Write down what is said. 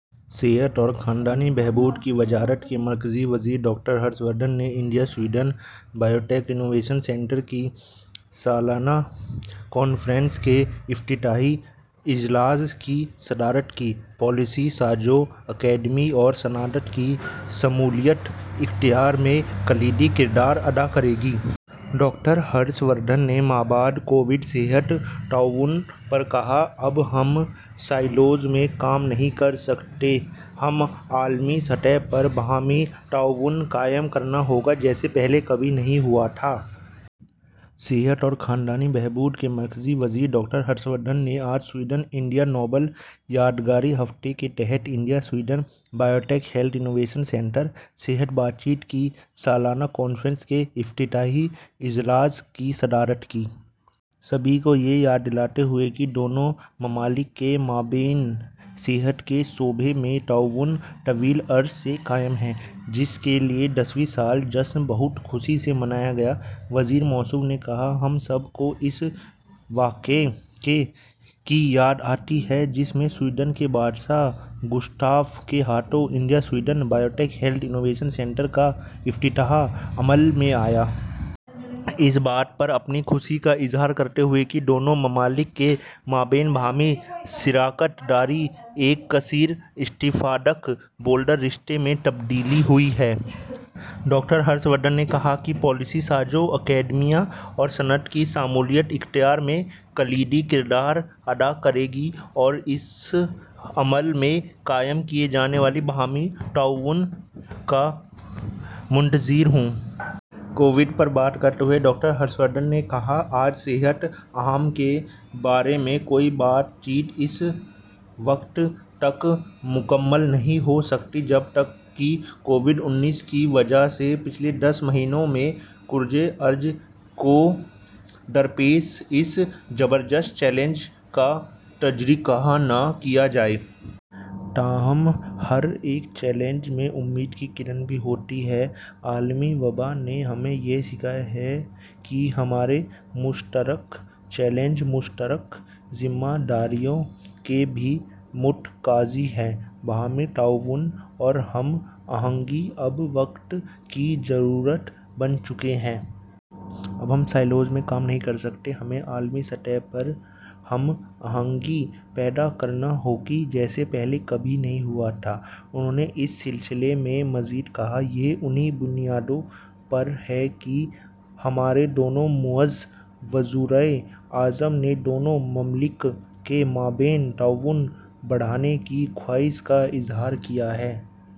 صحت اور خاندانی بہبود کی وزارت کے مرکزی وزیر ڈاکٹر ہرش وردھن نے India Sweden health care innovation centre کی سالانہ کانفرنس کے افتتاحی اجلاس کی صدارت کی۔ ’’پالیسی سازوں، اکیڈمیا اور صنعت کی شمولیت اختراع میں کلیدی کردار ادا کرے گی۔‘‘ ڈاکٹر ہرش وردھن نے مابعد کووڈ صحت تعاون پر کہا: ’’اب ہم سائلوز میں کام نہیں کر سکتے۔ ہمیں عالمی سطح پر باہمی تعاون قائم کرنا ہوگا جیسا پہلے کبھی نہیں ہوا تھا۔‘‘ صحت اور خاندانی بہبود کے مرکزی وزیر ڈاکٹر ہرش وردھن نے آج سویڈن انڈیا نوبل یادگاری ہفتہ کے تحت India Sweden health care innovation centre صحت بات چیت کی سالانہ کانفرنس کے افتتاحی اجلاس کی صدارت کی۔ سبھی کو یہ یاد دلاتے ہوئے کہ دونوں ممالک کے مابین صحت کے شعبے میں تعاون طویل عرصے سے قائم ہے، جس کے لیے دسویں سالہ جشن بہت خوشی سے منایا گیا، وزیر موصوف نے کہا، ’’ہم سب کو اس واقعہ کی یاد آتی ہے جس میں سویڈن کے بادشاہ گسٹاف کے ہاتھوں India Sweden health care innovation centre کا افتتاح عمل میں آیا۔‘‘ اس بات پر اپنی خوشی کا اظہار کرتے ہوئے کہ دونوں ممالک کے مابین باہمی شراکت داری ایک کثیر اسٹیک ہولڈر رشتے میں تبدیل ہوئی ہے، ڈاکٹر ہرش وردھن نے کہا کہ پالیسی سازوں، اکیڈمیا اور صنعت کی شمولیت اختراع میں کلیدی کردار ادا کرے گی اور میں اس عمل میں قائم کیے جانے والے باہمی تعاون کا منتظر ہوں۔ کووڈ پر بات کرتے ہوئے ڈاکٹر ہرش وردھن نے کہا، ’’آج صحت عامہ کے بارے میں کوئی بھی بات چیت اس وقت تک مکمل نہیں ہو سکتی جب تک کہ کووڈ انیس وبا کی وجہ سے پچھلے دس مہینوں میں کرۂ ارض کو درپیش اس زبردست چیلنج کا تذکرہ نہ کیا جائے۔ تاہم، ہر ایک چیلنج میں امید کی کرن بھی ہوتی ہے۔ عالمی وبا نے ہمیں یہ سکھایا ہے کہ ہمارے مشترکہ چیلنج مشترکہ ذمہ داریوں کے بھی متقاضی ہیں۔ باہمی تعاون اور ہم آہنگی اب وقت کی ضرورت بن چکے ہیں۔ اب ہم سائلوز میں کام نہیں کر سکتے۔ ہمیں عالمی سطح پر ہم آہنگی پیدا کرنا ہوگی جیسا پہلے کبھی نہیں ہوا تھا۔‘‘ انہوں نے اس سلسلے میں مزید کہا، ’’یہ انہی بنیادوں پر ہے کہ ہمارے دونوں معزز وزرائے اعظم نے دونوں ممالک کے مابین تعاون بڑھانے کی خواہش کا اظہار کیا ہے۔‘‘